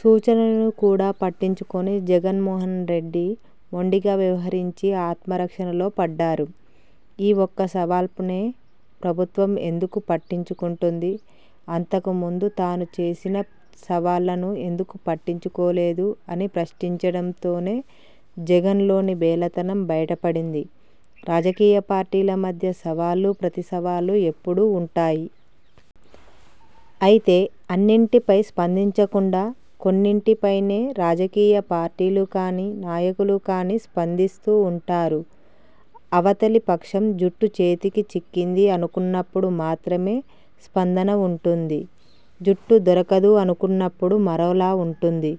సూచనలను కూడా పట్టించుకోని జగన్మోహన్రెడ్డి, మొండిగా వ్యవహరించి ఆత్మరక్షణలో పడ్డారు. ఈ ఒక్క సవాల్పైనే ప్రభుత్వం ఎందుకు పట్టించుకుంటోంది? అంతకు ముందు తాను చేసిన సవాళ్లను ఎందుకు పట్టించుకోలేదు? అని ప్రశ్నించడంతోనే జగన్లోని బేలతనం బయటపడింది. రాజకీయ పార్టీల మధ్య సవాళ్లు ప్రతిసవాళ్లు ఎప్పుడూ ఉంటాయి. అయితే అన్నింటిపై స్పందించకుండా కొన్నింటి పైనే రాజకీయ పార్టీలు కానీ, నాయకులు కానీ స్పందిస్తూ ఉంటారు. అవతలి పక్షం జుట్టు చేతికి చిక్కింది అనుకున్నప్పుడు మాత్రమే స్పందన ఉంటుంది. జుట్టు దొరకదు అనుకున్నప్పుడు మరోలా ఉంటుంది.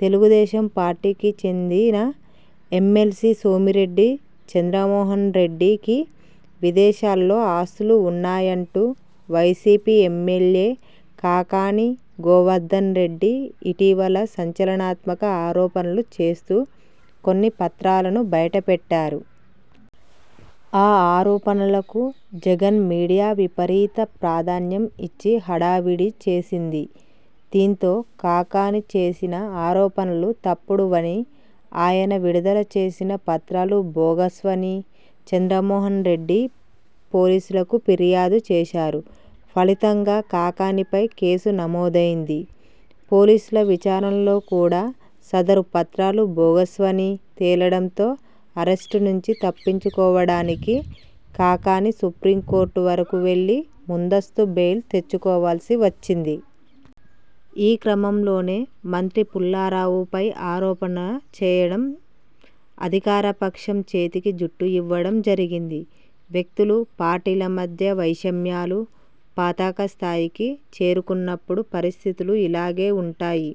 తెలుగుదేశం పార్టీకి చెందిన ఎమ్మెల్సీ సోమిరెడ్డి చంద్రమోహన్రెడ్డికి విదేశాల్లో ఆస్తులు ఉన్నాయంటూ వైసీపీ ఎమ్మెల్యే కాకాణి గోవర్దన్రెడ్డి ఇటీవల సంచలనాత్మక ఆరోపణలు చేస్తూ కొన్ని పత్రాలను బయటపెట్టారు. ఆ ఆరోపణలకు జగన్ మీడియా విపరీత ప్రాధాన్యం ఇచ్చి హడావుడి చేసింది. దీంతో కాకాణి చేసిన ఆరోపణలు తప్పుడు వనీ, ఆయన విడుదల చేసిన పత్రాలు బోగస్వనీ చంద్రమోహన్రెడ్డి పోలీసులకు ఫిర్యాదు చేశారు. ఫలితంగా కాకాణిపై కేసు నమోదైంది. పోలీసుల విచారణలో కూడా సదరు పత్రాలు బోగస్వని తేలడంతో అరెస్ట్ నుంచి తప్పించుకోవడానికి కాకాణి సుప్రీంకోర్టు వరకు వెళ్లి ముందస్తు బెయిల్ తెచ్చుకోవలసి వచ్చింది. ఈ క్రమంలోనే మంత్రి పుల్లారావుపై ఆరోపణ చేయడం, అధికారపక్షం చేతికి జుట్టు ఇవ్వడం జరిగింది. వ్యక్తులు, పార్టీల మధ్య వైషమ్యాలు పతాక స్థాయికి చేరుకున్నప్పుడు పరిస్థితులు ఇలాగే ఉంటాయి.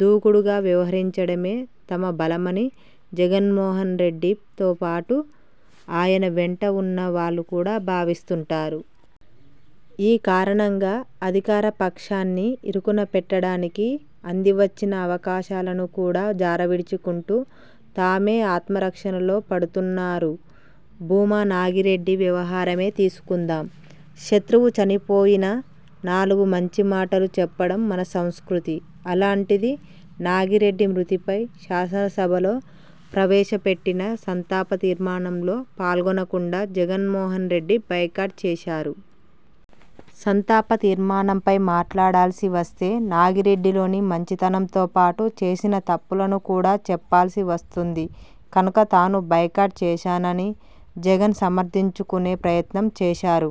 దూకుడుగా వ్యవహరించడమే తమ బలమని జగన్మోహన్రెడ్డితో పాటు ఆయన వెంట ఉన్న వాళ్లు కూడా భావిస్తుంటారు. ఈ కారణంగా అధికార పక్షాన్ని ఇరుకున పెట్టడానికి అందివచ్చిన అవకాశాలను కూడా జారవిడుచుకుంటూ, తామే ఆత్మరక్షణలో పడుతున్నారు. భూమా నాగిరెడ్డి వ్యవహారమే తీసుకుందాం. శత్రువు చనిపోయినా నాలుగు మంచి మాటలు చెప్పడం మన సంస్కృతి. అలాంటిది నాగిరెడ్డి మృతిపై శాసనసభలో ప్రవేశపెట్టిన సంతాప తీర్మానంలో పాల్గొనకుండా జగన్మోహన్రెడ్డి బాయ్కాట్ చేశారు. సంతాప తీర్మానంపై మాట్లాడాల్సి వస్తే నాగిరెడ్డిలోని మంచితోపాటు చేసిన తప్పులను కూడా చెప్పాల్సి వస్తుంది కనుక తాను బాయ్కాట్ చేశానని జగన్ సమర్థించుకునే ప్రయత్నం చేశారు.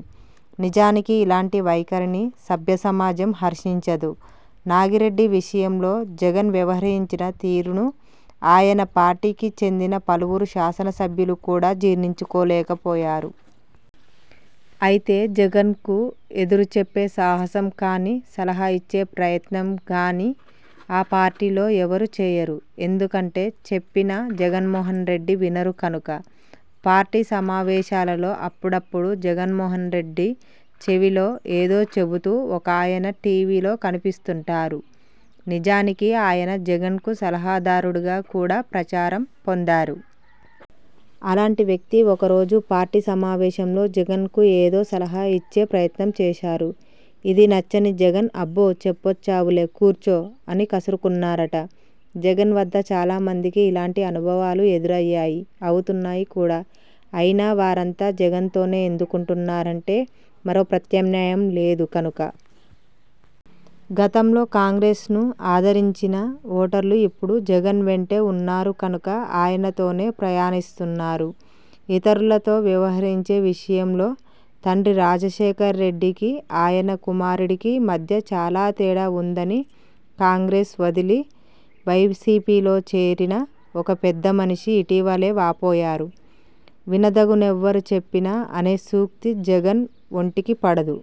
నిజానికి ఇలాంటి వైఖరిని సభ్య సమాజం హర్షించదు. నాగిరెడ్డి విషయంలో జగన్ వ్యవహరించిన తీరును ఆయన పార్టీకి చెందిన పలువురు శాసనసభ్యులు కూడా జీర్ణించుకోలేకపోయారు. అయితే జగన్కు ఎదురు చెప్పే సాహసం కానీ, సలహాలు ఇచ్చే ప్రయత్నం గానీ ఆ పార్టీలో ఎవరూ చేయరు. ఎందుకంటే చెప్పినా జగన్మోహన్రెడ్డి వినరు కనుక! పార్టీ సమావేశాలలో అప్పుడప్పుడు జగన్మోహన్రెడ్డి చెవిలో ఏదో చెబుతూ ఒకాయన టీవీలో కనిపిస్తుంటారు. నిజానికి ఆయన జగన్కు సలహాదారుడుగా కూడా ప్రచారం పొందారు. అలాంటి వ్యక్తి ఒక రోజు పార్టీ సమావేశంలో జగన్కు ఏదో సలహా ఇచ్చే ప్రయత్నం చేశారు. ఇది నచ్చని జగన్ 'అబ్బో చెప్పొచ్చావులే కూర్చో' అని కసురుకున్నారట! జగన్ వద్ద చాలా మందికి ఇలాంటి అనుభవాలు ఎదురయ్యాయి అవుతున్నాయి కూడా! అయినా వారంతా జగన్తోనే ఎందుకుంటున్నారంటే మరో ప్రత్యామ్నాయం లేదు కనుక. గతంలో కాంగ్రెస్ను ఆదరించిన ఓటర్లు ఇప్పుడు జగన్ వెంట ఉన్నారు కనుక ఆయనతోనే ప్రయాణిస్తున్నారు. ఇతరులతో వ్యవహరించే విషయంలో తండ్రి రాజశేఖర్రెడ్డికి, ఆయన కుమారుడికి మధ్య చాలా తేడా ఉందని కాంగ్రెస్ను వదిలి వైసీపీలో చేరిన ఒక పెద్దమనిషి ఇటీవలే వాపోయారు. వినదగునెవ్వరు చెప్పిన అనే సూక్తి జగన్ ఒంటికి పడదు.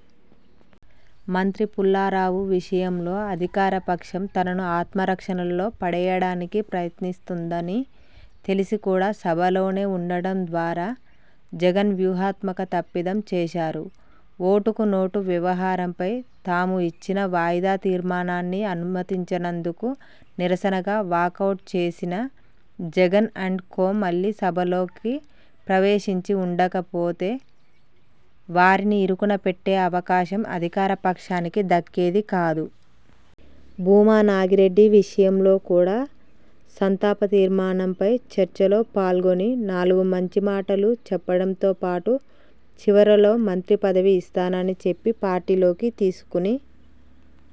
మంత్రి పుల్లారావు విషయంలో అధికారపక్షం తనను ఆత్మరక్షణలో పడేయడానికి ప్రయత్నిస్తున్నదని తెలిసి కూడా సభలోనే ఉండటం ద్వారా జగన్ వ్యూహాత్మక తప్పిదం చేశారు. ఓటుకు నోటు వ్యవహారంపై తాము ఇచ్చిన వాయిదా తీర్మానాన్ని అనుమతించనందుకు నిరసనగా వాకౌట్ చేసిన జగన్ అండ్ కో మళ్లీ సభలోకి ప్రవేశించి ఉండకపోతే వారిని ఇరుకున పెట్టే అవకాశం అధికార పక్షానికి దక్కేది కాదు. భూమా నాగిరెడ్డి విషయంలో కూడా సంతాప తీర్మానంపై చర్చలో పాల్గొని నాలుగు మంచి మాటలు చెప్పడంతో పాటు, చివరలో మంత్రి పదవి ఇస్తానని చెప్పి పార్టీలోకి తీసుకుని